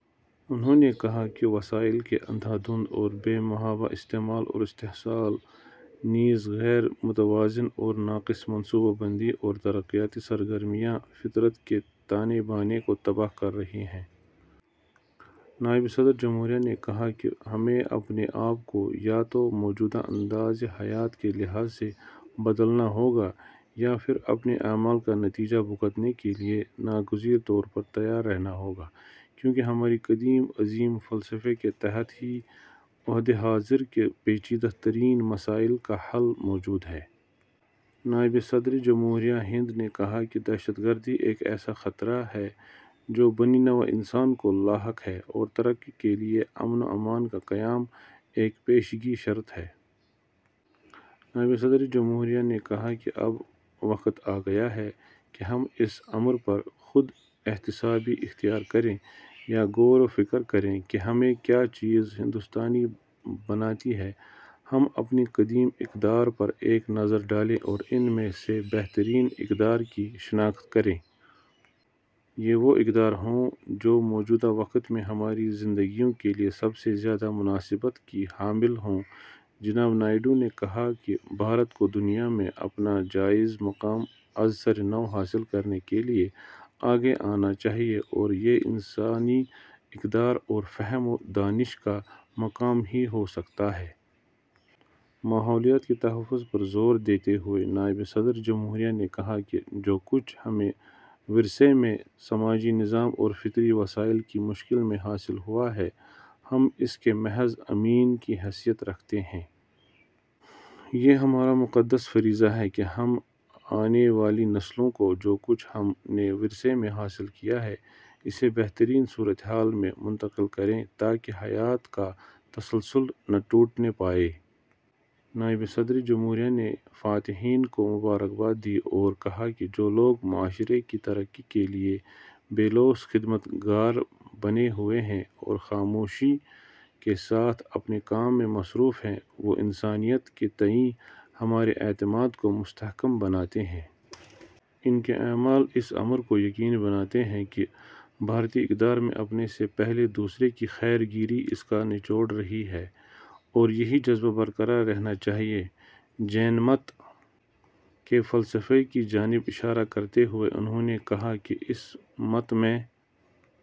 انہوں نے کہا کہ وسائل کے اندھا دھند اور بے محابہ استعمال اور استحصال نیز غیر متوازن اور ناقص منصوبہ بندی اور ترقیاتی سرگرمیاں، فطرت کے تانے بانے کو تباہ کر رہی ہیں۔ نائب صدر جمہوریہ نے کہا کہ ہمیں اپنے آپ کو یا تو موجودہ انداز حیات کے لحاظ سے بدلنا ہوگا یا پھر اپنے اعمال کا نتیجہ بھگتنے کے لیے ناگزیر طور پر تیار رہنا ہوگا، کیونکہ ہماری قدیم عظیم فلسفے کے تحت ہی عہد حاضر کے پیچیدہ ترین مسائل کا حل موجود ہے۔ نائب صدر جمہوریہ ہند نے کہا کہ دہشت گردی ایک ایسا خطرہ ہے جو بنی نوع انسان کو لاحق ہے اور ترقی کے لیے امن و امان کا قیام ایک پیشگی شرط ہے۔ نائب صدر جمہوریہ نے کہا کہ اب وقت آگیا ہے کہ ہم اس امر پر خود احتسابی اختیار کریں یا غور و فکر کریں کہ ہمیں کیا چیز ہندوستانی بناتی ہے۔ ہم اپنی قدیم اقدار پر ایک نظر ڈالیں اور ان میں سے بہترین اقدار کی شناخت کریں۔ یہ وہ اقدار ہوں جو موجودہ وقت میں ہماری زندگیوں کے لیے سب سے زیادہ مناسبت کی حامل ہوں۔ جناب نائیڈو نے کہا کہ بھارت کو دنیا میں اپنا جائز مقام ازسرنو حاصل کرنے کے لیے آگے آنا چاہیے اور یہ انسانی اقدار اور فہم و دانش کا مقام ہی ہو سکتا ہے۔ ماحولیات کے تحفظ پر زور دیتے ہوئے نائب صدر جمہوریہ نے کہا کہ جو کچھ ہمیں ورثے میں سماجی نظام اور فطری وسائل کی شکل میں حاصل ہوا ہے، ہم اس کے محض امین کی حیثیت رکھتے ہیں۔ یہ ہمارا مقدس فریضہ ہے کہ ہم آنے والی نسلوں کو جو کچھ ہم نے ورثے میں حاصل کیا ہے، اسے بہترین صورتحال میں منتقل کریں تاکہ حیات کا تسلسل نہ ٹوٹنے پائے۔ نائب صدر جمہوریہ نے فاتحین کو مبارکباد دی اور کہا کہ جو لوگ معاشرے کی ترقی کے لیے بے لوث خدمت گار بنے ہوئے ہیں اور خاموشی کے ساتھ اپنے کام میں مصروف ہیں، وہ انسانیت کے تئیں ہمارے اعتماد کو مستحکم بناتے ہیں۔ ان کے اعمال اس امر کو یقینی بناتے ہیں کہ بھارتی اقدار میں اپنے سے پہلے دوسرے کی خبر گیری اس کا نچوڑ رہی ہے اور یہی جذبہ برقرار رہنا چاہیے۔ جین مت کے فلسفے کی جانب اشارہ کرتے ہوئے انہوں نے کہا کہ اس مت میں